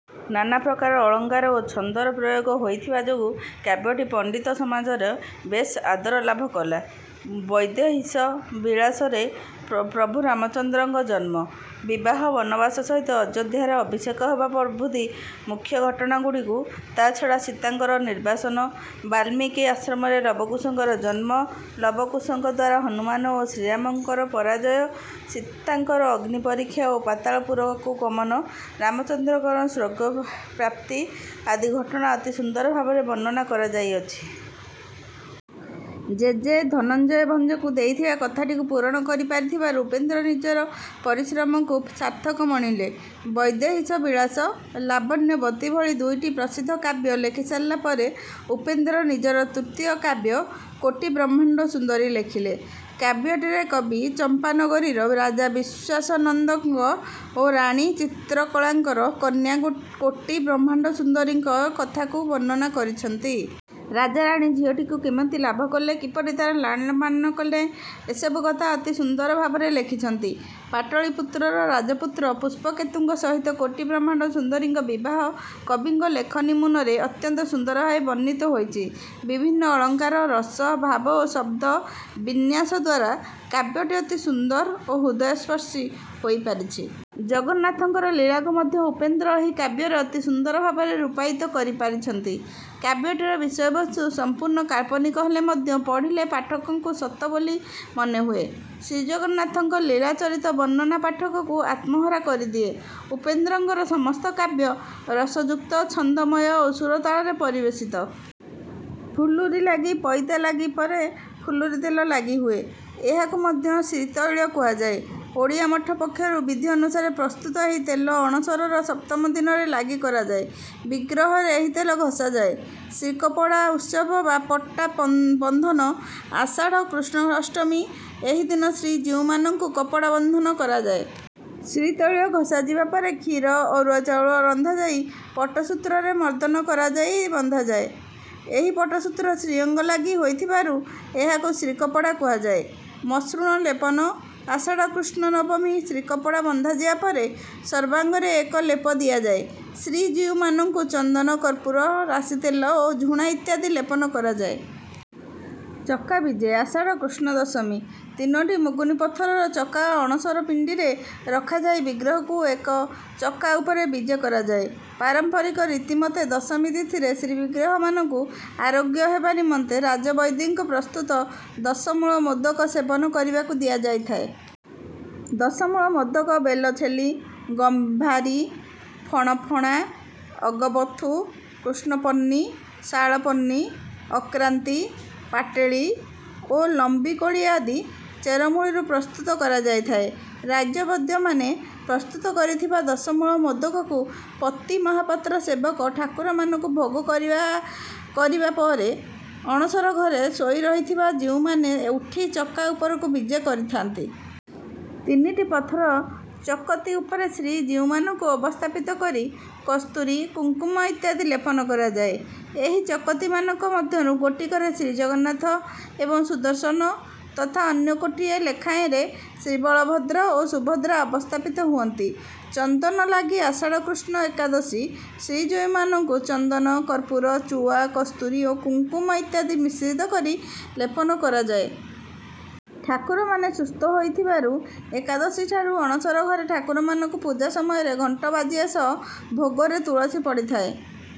ନାନା ପ୍ରକାର ଅଳଙ୍କାର ଓ ଛନ୍ଦର ପ୍ରୟୋଗ ହୋଇଥିବା ଯୋଗୁଁ କାବ୍ୟଟି ପଣ୍ଡିତ ସମାଜରେ ବେଶ୍ ଆଦରଲାଭ କଲା। "ବୈଦେହୀଶ ବିଳାସ"ରେ ପ୍ରଭୁ ରାମଚନ୍ଦ୍ରଙ୍କ ଜନ୍ମ, ବିବାହ, ବନବାସ ସହିତ ଅଯୋଧ୍ୟାରେ ଅଭିଷେକ ହେବା ପ୍ରଭୃତି ମୁଖ୍ୟ ଘଟଣାଗୁଡିକୁ ତାଛଡା ସୀତାଙ୍କର ନିର୍ବାସନ, ବାଲ୍ମୀକି ଆଶ୍ରମରେ ଲବକୁଶଙ୍କର ଜନ୍ମ, ଲବକୁଶଙ୍କଦ୍ୱାରା ହନୁମାନ ଓ ଶ୍ରୀରାମଙ୍କ ପରାଜୟ, ସୀତାଙ୍କର ଅଗ୍ନି ପରୀକ୍ଷା ଓ ପାତାଳପୁରକୁ ଗମନ, ରାମଚନ୍ଦ୍ରଙ୍କର ସ୍ୱର୍ଗପ୍ରାପ୍ତି ଆଦି ଘଟଣା ଅତି ସୁନ୍ଦର ଭାବରେ ବର୍ଣ୍ଣନା କରାଯାଆଇଅଛି। ଜେଜେ ଧନଞ୍ଜୟ ଭଞ୍ଜଙ୍କୁ ଦେଇଥିବା କଥାଟିକୁ ପୂରଣ କରିପାରିଥିବାରୁ ଉପେନ୍ଦ୍ର ନିଜର ପରିଶ୍ରମକୁ ସାର୍ଥକ ମଣିଲେ। "ବୈଦେହୀଶ ବିଳାସ", "ଲାବଣ୍ୟବତୀ" ଭଳି ଦୁଇଟି ପ୍ରସିଦ୍ଧ କାବ୍ୟ ଲେଖିସାରିଲା ପରେ ଉପେନ୍ଦ୍ର ନିଜର ତୃତୀୟ କାବ୍ୟ "କୋଟି ବ୍ରହ୍ମାଣ୍ଡ ସୁନ୍ଦରୀ" ଲେଖିଲେ। କାବ୍ୟଟିରେ କବି ଚମ୍ପାନଗରୀର ରାଜା ବିଶ୍ୱାସନନ୍ଦକ ଓ ରାଣୀ ବିଚିତ୍ରକଳାଙ୍କର କନ୍ୟା କୋଟି ବ୍ରହ୍ମାଣ୍ଡ ସୁନ୍ଦରୀଙ୍କର କଥାକୁ ବର୍ଣ୍ଣନା କରିଛନ୍ତି. ରାଜାରାଣୀ ଝିଅଟିକୁ କେମିତି ଲାଭ କଲେ, କିପରି ତାର ଲାଳନ ପାଳନ କଲେ ଏସବୁ କଥା ଅତି ସୁନ୍ଦର ଭାବରେ ଲେଖିଛନ୍ତି। ପାଟଳିପୁତ୍ରର ରାଜପୁତ୍ର ପୁଷ୍ପକେତୁଙ୍କ ସହିତ କୋଟି ବ୍ରହ୍ମାଣ୍ଡ ସୁନ୍ଦରୀଙ୍କ ବିବାହ କବିଙ୍କ ଲେଖନୀମୁନରେ ଅତ୍ୟନ୍ତ ସୁନ୍ଦର ଭାବରେ ବର୍ଣ୍ଣିତ ହୋଇଛି. ବିଭିନ୍ନ ଅଳଙ୍କାର, ରସ, ଭାବ ଓ ଶବ୍ଦ ବିନ୍ୟାସଦ୍ୱାରା କାବ୍ୟଟି ଅତି ସୁନ୍ଦର ଏବଂ ହୃଦୟସ୍ପର୍ଶୀ ହୋଇପାରିଛି. ଜଗନ୍ନାଥଙ୍କର ଲୀଳାକୁ ମଧ୍ୟ ଉପେନ୍ଦ୍ର ଏହି କାବ୍ୟରେ ଅତି ସୁନ୍ଦର ଭାବରେ ରୂପାୟିତ କରିପାରିଛନ୍ତି। କାବ୍ୟଟିର ବିଷୟବସ୍ତୁ ସମ୍ପୁର୍ଣ୍ଣ କାଳ୍ପନିକ ହେଲେ ମଧ୍ୟ ପଢ଼ିଲେ ପାଠକଙ୍କୁ ସତ ବୋଲି ମନେ ହୁଏ। ଶ୍ରୀଜଗନ୍ନାଥଙ୍କ ଲୀଳାଚରିତ ବର୍ଣ୍ଣନା ପାଠକକୁ ଆତ୍ମହରା କରିଦିଏ। ଉପେନ୍ଦ୍ରଙ୍କର ସମସ୍ତ କାବ୍ୟ ରସଯୁକ୍ତ, ଛନ୍ଦମୟ ଓ ସୁର-ତାଳରେ ପରିବେଷିତ। ଫୁଲୁରି ଲାଗି: ପଇତା ଲାଗି ପରେ ଫୁଲୁରି ତେଲ ଲାଗି ହୁଏ। ଏହାକୁ ମଧ୍ୟ 'ଶ୍ରୀତୈଳ' କୁହାଯାଏ। ଓଡ଼ିଆ ମଠ ପକ୍ଷରୁ ବିଧି ଅନୁସାରେ ପ୍ରସ୍ତୁତ ଏହି ତେଲ ଅଣସରର ସପ୍ତମ ଦିନରେ ଲାଗି କରାଯାଏ। ବିଗ୍ରହରେ ଏହି ତେଲ ଘଷାଯାଏ। ଶ୍ରୀକପଡ଼ା ଉତ୍ସବ ବା ପଟ୍ଟାବନ୍ଧନ: ଆଷାଢ଼ କୃଷ୍ଣ ଅଷ୍ଟମୀ: ଏହିଦିନ ଶ୍ରୀ ଜୀଉମାନଙ୍କୁ କପଡ଼ା ବନ୍ଧନ କରାଯାଏ। ଶ୍ରୀତୈଳ ଘଷାଯିବା ପରେ କ୍ଷୀର, ଅରୁଆ ଚାଉଳ ରନ୍ଧାଯାଇ ପଟସୂତ୍ରରେ ମର୍ଦ୍ଦନ କରାଯାଇ ବନ୍ଧାଯାଏ। ଏହି ପଟସୂତ୍ର ଶ୍ରୀଅଙ୍ଗ ଲାଗି ହେଇଥିବାରୁ ଏହାକୁ 'ଶ୍ରୀକାପଡ଼ା' କୁହାଯାଏ। ମସୃଣ ଲେପନ: ଆଷାଢ଼ କୃଷ୍ଣ ନବମୀ: ଶ୍ରୀକାପଡ଼ା ବନ୍ଧାଯିବା ପରେ ସର୍ବାଙ୍ଗରେ ଏକ ଲେପ ଦିଆଯାଏ। ଶ୍ରୀ ଜୀଉମାନଙ୍କୁ ଚନ୍ଦନ, କର୍ପୂର, ରାଶିତେଲ, ଏବଂ ଝୁଣା ଇତ୍ୟାଦି ଲେପନ କରାଯାଏ। ଚକା ବିଜେ: ଆଷାଢ଼ କୃଷ୍ଣ ଦଶମୀ: ତିନୋଟି ମୁଗୁନି ପଥରର ଚକା ଅଣସର ପିଣ୍ଡିରେ ରଖାଯାଇ ବିଗ୍ରହଙ୍କୁ ଏକ ଚକା ଉପରେ ବିଜେ କରାଯାଏ। ପାରମ୍ପରିକ ରୀତି ମତେ ଦଶମୀ ତିଥିରେ ଶ୍ରୀବିଗ୍ରହମାନଙ୍କୁ ଆରୋଗ୍ୟ ହେବା ନିମନ୍ତେ ରାଜବୈଦ୍ୟଙ୍କ ପ୍ରସ୍ତୁତ ଦଶମୂଳ ମୋଦକ ସେବନ କରିବାକୁ ଦିଆଯାଇଥାଏ। ଦଶମୂଳ ମୋଦକ ବେଲଛେଲି, ଗମ୍ଭାରୀ, ଫଣଫଣା, ଅଗବଥୁ, କୃଷ୍ଣପର୍ଣ୍ଣି, ଶାଳପର୍ଣ୍ଣି, ଅକ୍ରାନ୍ତି, ପାଟେଳି ଓ ଲମ୍ବି କୋଳି ଆଦି ଚେରମୂଳିରୁ ପ୍ରସ୍ତୁତ କରାଯାଇଥାଏ। ରାଜବୈଦ୍ୟମାନେ ପ୍ରସ୍ତୁତ କରିଥିବା ଦଶମୂଳ ମୋଦକକୁ ପତି ମହାପାତ୍ର ସେବକ ଠାକୁରମାନଙ୍କୁ ଭୋଗ କରିବା କରିବା ପରେ ଅଣସର ଘରେ ଶୋଇରହିଥିବା ଜୀଉମାନେ ଉଠି ଚକା ଉପରକୁ ବିଜେ କରିଥାନ୍ତି। ତିନିଟି ପଥର ଚକତି ଉପରେ ଶ୍ରୀ ଜୀଉମାନଙ୍କୁ ଅବସ୍ଥାପିତ କରି କସ୍ତୁରି, କୁଙ୍କୁମ ଇତ୍ୟାଦି ଲେପନ କରାଯାଏ। ଏହି ଚକତିମାନଙ୍କ ମଧ୍ୟରୁ ଗୋଟିକରେ ଶ୍ରୀଜଗନ୍ନାଥ ଏବଂ ସୁଦର୍ଶନ ତଥା ଅନ୍ୟ ଗୋଟିଏ ଲେଖାଁଏରେ ଶ୍ରୀବଳଭଦ୍ର ଓ ସୁଭଦ୍ରା ଅବସ୍ଥାପିତ ହୁଅନ୍ତି। ଚନ୍ଦନ ଲାଗି: ଆଷାଢ଼ କୃଷ୍ଣ ଏକାଦଶୀ: ଶ୍ରୀ ଜୀଉମାନଙ୍କୁ ଚନ୍ଦନ, କର୍ପୂର, ଚୁଆ, କସ୍ତୁରୀ ଓ କୁଙ୍କୁମ ଇତ୍ୟାଦି ମିଶ୍ରିତ କରି ଲେପନ କରାଯାଏ। ଠାକୁରମାନେ ସୁସ୍ଥ ହୋଇଥିବାରୁ ଏକାଦଶୀଠାରୁ ଅଣସର ଘରେ ଠାକୁରମାନଙ୍କ ପୂଜା ସମୟରେ ଘଣ୍ଟ ବାଜିବା ସହ, ଭୋଗରେ ତୁଳସୀ ପଡ଼ିଥାଏ।